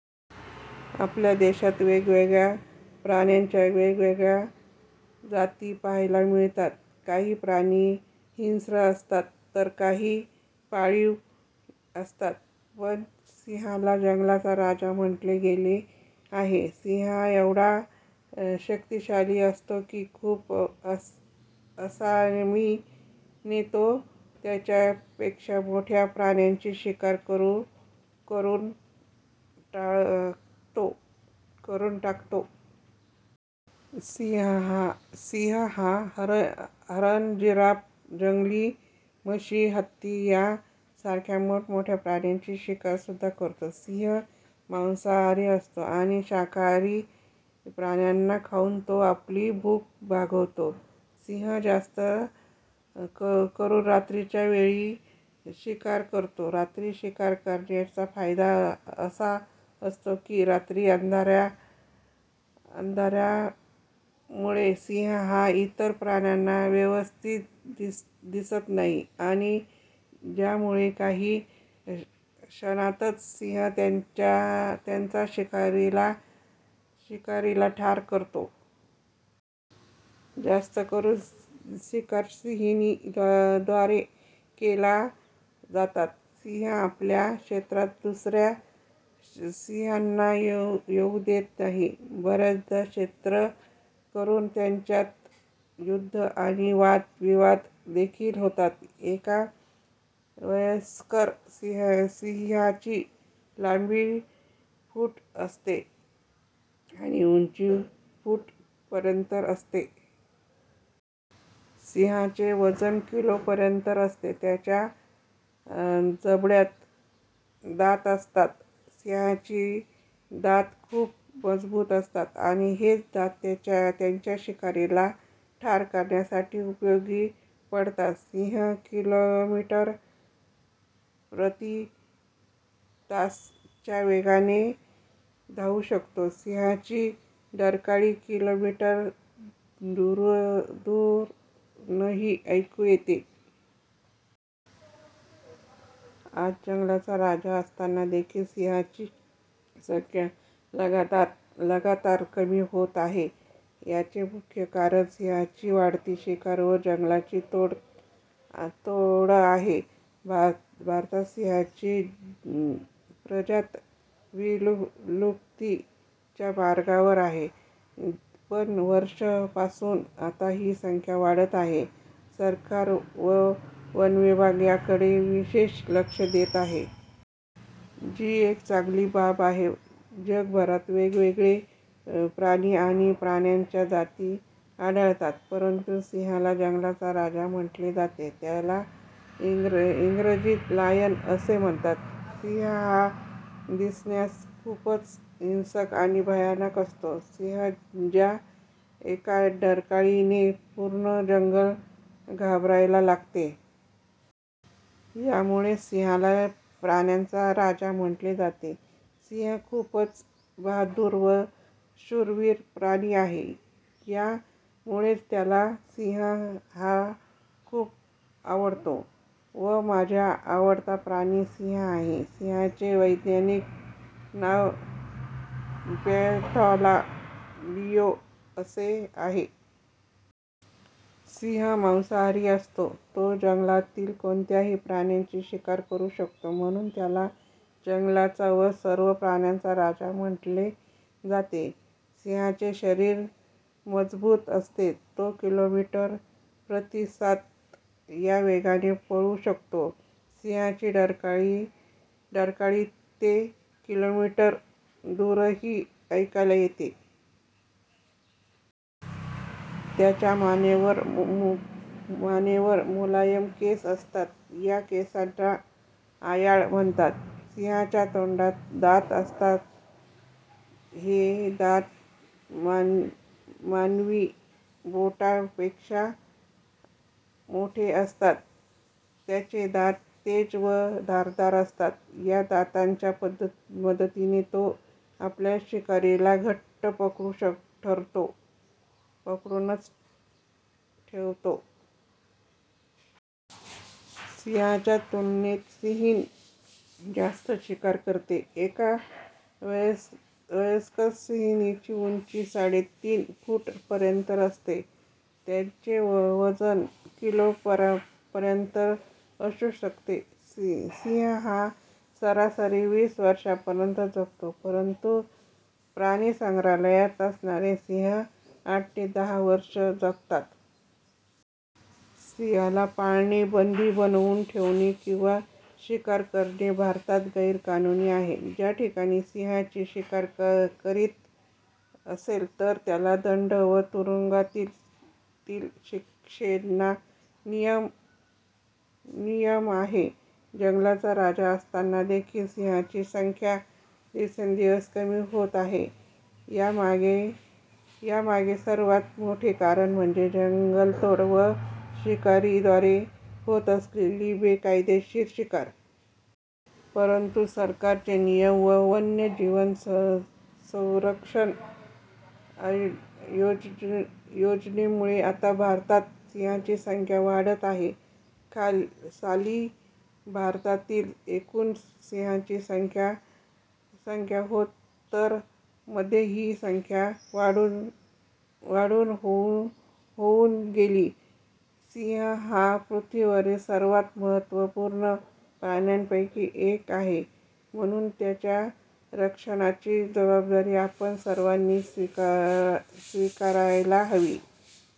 आपल्या देशात वेगवेगळ्या प्राण्यांच्या वेगवेगळ्या जाती पाहायला मिळतात. काही प्राणी हिंस्त्र असतात तर काही पाळीव असतात. पण सिंहाला जंगलाचा राजा म्हटले गेले आहे. सिंह एवढा शक्तिशाली असतो की खूप असानी ने तो त्याच्या पेक्षा मोठ्या प्राण्यांची शिकार करून टाकतो. सिंह हा हरण, जिराफ, जंगली म्हशी, हत्ती या सारख्या मोठमोठ्या प्राण्यांची शिकार सुद्धा करतो. सिंह मासाहरी असतो आणि शाकाहारी प्राण्यांना खाऊन तो आपली भुख भागवतो. सिंह जास्त करून रात्रीच्या वेळी शिकार करतो, रात्री शिकार करण्याचा फायदा असा असतो की रात्री अंधाऱ्या मुळे सिंह हा इतर प्राण्यांना व्यवस्थित दिसत नाही आणि ज्यामुळे काही क्षणातच सिंह त्याचा शिकाराला ठार करतो. जास्त करून शिकार सिहिणी द्वारा केले जातात. सिंह आपल्या क्षेत्रात दुसऱ्या सिंहांना येऊ देत नाही, बऱ्याचदा क्षेत्र वरून त्यांच्यात युद्ध आणि वाद विवाद देखील होतात. एका वयस्क सिंहाची लांबी फूट असते आणि उंची फूट पर्यंत असते. सिहाचे वजन किलो पर्यंत असते. त्याच्या जबड्यात दात असतात. सिंहाची दात खूप मजबूत असतात आणि हेच दात त्याच्या शिकारला ठार करण्यासाठी उपयोगी पडतात. सिंह - किलोमीटर प्रती तास च्या वेगाने धावू शकतो. सिंहाची डरकाळी किलोमीटर दुरूनही ऐकू येते. आज जंगलाचा राजा असताना देखील सिंहाची संख्या लगातार कमी होत आहे. याचे मुख्य कारण सिंहाची वाढती शिकार व जंगलांची तोड आहे. भारतात सिंहाची प्रजात विलुप्तीच्या मार्गावर आहे. पण वर्ष पासून आता ही संख्या वाढत आहे सरकार व वनविभाग या कडे विशेष लक्ष देत आहे. जी एक चांगली बाब आहे. जगभरात वेगवेगळे प्राणी आणि प्राण्यांच्या जाती आढळतात. परंतु सिंहाला जंगलाचा राजा म्हटले जाते. त्याला इंग्रजीत लायन असे म्हणतात. सिंह हा दिसण्यात खूपच हिंसक आणि भयानक असतो सिंह च्या एका डरकाळी ने संपूर्ण जंगल घाबरायला लागते. यामुळेच सिंहाला प्राण्यांचा राजा म्हटले जाते. सिंह खूपच बहादुर व शूरवीर प्राणी आहे या मुळेच मला सिंह हा खूप आवडतो व माझा आवडता प्राणी सिंह आहे. सिंहाचे वैज्ञानिक नाव पँन्थेरा लिओ असे आहे. सिंह मांसाहारी असतो, तो जंगलातील कोणत्याही प्राण्याची शिकार करू शकतो. म्हणून त्याला जंगलाचा व सर्व प्राण्याचा राजा म्हटले जाते. सिंहाचे शरीर मजबूत असते. तो किलोमीटर प्रतितास या वेगाने पळू शकतो. सिंहाची डरकाळी ते किलोमीटर दूरनही एकायला येते. त्याच्या मानेवर मुलायम केस असतात या केसांना आयाळ म्हणतात. सिंहाच्या तोंडात दात असतात हे दात मानवी बोटा पेक्षा मोठे असतात. त्याचे दात तेज व धारदार असतात, या दातांच्या मदतीने तो आपल्या शिकाराला घट्ट पकडून ठेवतो. सिंहाच्या तुलनेत सिंहीण जास्त शिकार करते. एका वयस्क सिंहाची उंची साडेतीन फूट पर्यंत असते. त्याचे वजन किलो पर्यंत असू शकते. सिंह हा सरासरी वीस वर्षांपर्यंत जगतो. परंतु प्राणिसंग्रहालयात असणारे सिंह आठ ते दहा वर्षे जगतात. सिंहाला पाळणे, बंदी बनवून ठेवणे किंवा शिकार करणे भारतात गैरकानूनी आहे. जर कोणी सिंहाची शिकार करीत असेल तर त्याला दंड व तुरुंगातील शिक्षेचा नियम आहे. जंगलाचा राजा असताना देखील सिंहाची संख्या दिवसेंदिवस कमी होत आहे यामागे सर्वात मोठे कारण म्हणजे जंगलतोड व शिकारी द्वारे होत असलेली बेकायदेशीर शिकार. परंतु सरकार चे नियम व वन्य जीव संरक्षण योजनेमुळे आता भारतात सिंहाची संख्या वाढत आहे. साली भारतातील एकूण सिंहांची संख्या होती तर मध्ये ही संख्या वाढून होऊन गेली. सिंह हा पृथ्वीवरील सर्वात महत्वपूर्ण प्राण्यांपैकी एक आहे म्हणून त्याच्या रक्षणाची जबाबदारी आपण सर्वांनी स्वीकारायला हवी.